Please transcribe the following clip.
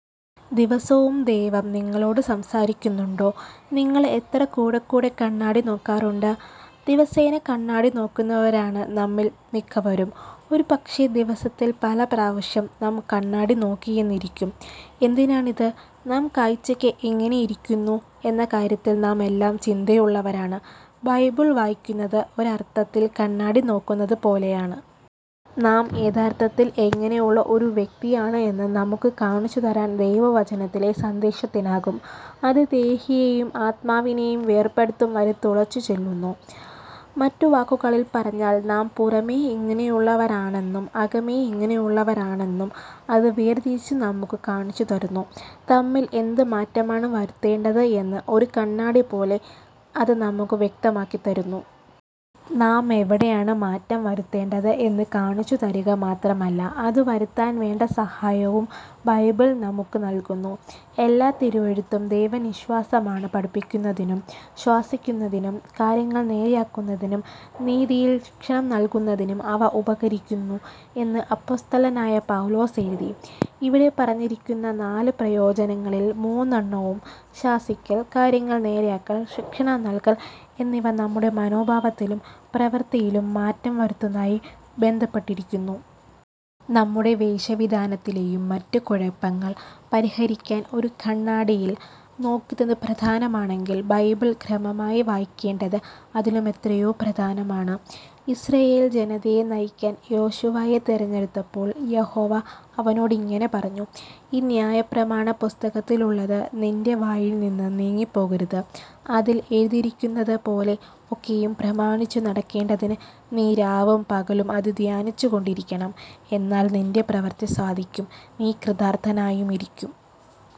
ദിവസവും ദൈവം നിങ്ങളോട് സംസാരിക്കുന്നുണ്ടോ? നിങ്ങൾ എത്ര കൂടെക്കൂടെ കണ്ണാടി നോക്കാറുണ്ട്? ദിവസേന കണ്ണാടി നോക്കുന്നവരാണ് നമ്മിൽ മിക്കവരും. ഒരുപക്ഷേ ദിവസത്തിൽ പലപ്രാവശ്യം നാം കണ്ണാടി നോക്കിയെന്നിരിക്കും. എന്തിനാണത്? നാം കാഴ്ചയ്ക്ക് എങ്ങനെയിരിക്കുന്നു എന്ന കാര്യത്തിൽ നാമെല്ലാം ചിന്തയുള്ളവരാണ്. ബൈബിൾ വായിക്കുന്നത് ഒരർത്ഥത്തിൽ കണ്ണാടി നോക്കുന്നത് പോലെയാണ്. നാം യഥാർത്ഥത്തിൽ എങ്ങനെയുള്ള ഒരു വ്യക്തിയാണെന്ന് നമുക്ക് കാണിച്ചുതരാൻ ദൈവവചനത്തിലെ സന്ദേശത്തിനാകും. അത് ദേഹിയെയും ആത്മാവിനെയും വേർപെടുത്തും വരെ തുളച്ചു ചെല്ലുന്നു. മറ്റു വാക്കുകളിൽ പറഞ്ഞാൽ, നാം പുറമെ എങ്ങനെയുള്ളവരാണെന്നും അകമേ എങ്ങനെയുള്ളവരാണെന്നും അത് വേർതിരിച്ച് നമുക്ക് കാണിച്ചുതരുന്നു. നമ്മിൽ എന്ത് മാറ്റമാണ് വരുത്തേണ്ടത് എന്ന് ഒരു കണ്ണാടി പോലെ അത് നമുക്ക് വ്യക്തമാക്കിത്തരുന്നു. നാം എവിടെയാണ് മാറ്റം വരുത്തേണ്ടത് എന്ന് കാണിച്ചുതരിക മാത്രമല്ല, അത് വരുത്താൻ വേണ്ട സഹായവും ബൈബിൾ നമുക്ക് നൽകുന്നു. എല്ലാ തിരുവെഴുത്തും ദൈവനിശ്വാസമാണ്, പഠിപ്പിക്കുന്നതിനും ശാസിക്കുന്നതിനും കാര്യങ്ങൾ നേരെയാക്കുന്നതിനും നീതിയിൽ ശിക്ഷണം നൽകുന്നതിനും അവ ഉപകരിക്കുന്നു എന്ന് അപ്പൊസ്തലനായ പൗലോസ് എഴുതി. ഇവിടെ പറഞ്ഞിരിക്കുന്ന നാല് പ്രയോജനങ്ങളിൽ മൂന്നെണ്ണവും, ശാസിക്കൽ, കാര്യങ്ങൾ നേരെയാക്കൽ, ശിക്ഷണം നൽകൽ എന്നിവ നമ്മുടെ മനോഭാവത്തിലും പ്രവൃത്തിയിലും മാറ്റം വരുത്തുന്നതുമായി ബന്ധപ്പെട്ടിരിക്കുന്നു. നമ്മുടെ വേഷവിധാനത്തിലെയും മറ്റും കുഴപ്പങ്ങൾ പരിഹരിക്കാൻ ഒരു കണ്ണാടിയിൽ നോക്കുന്നത് പ്രധാനമാണെങ്കിൽ, ബൈബിൾ ക്രമമായി വായിക്കേണ്ടത് അതിലുമെത്രയോ പ്രധാനമാണ്! ഇസ്രായേൽ ജനതയെ നയിക്കാൻ യോശുവയെ തെരഞ്ഞെടുത്തപ്പോൾ യഹോവ അവനോട് ഇങ്ങനെ പറഞ്ഞു, ഈ ന്യായപ്രമാണ പുസ്തകത്തിലുള്ളത് നിൻ്റെ വായിൽ നിന്ന് നീങ്ങിപ്പോകരുത്, അതിൽ എഴുതിയിരിക്കുന്നത് പോലെ ഒക്കെയും പ്രമാണിച്ചു നടക്കേണ്ടതിന് നീ രാവും പകലും അത് ധ്യാനിച്ചുകൊണ്ടിരിക്കണം, എന്നാൽ നിൻ്റെ പ്രവൃത്തി സാധിക്കും, നീ കൃതാർത്ഥനായും ഇരിക്കും.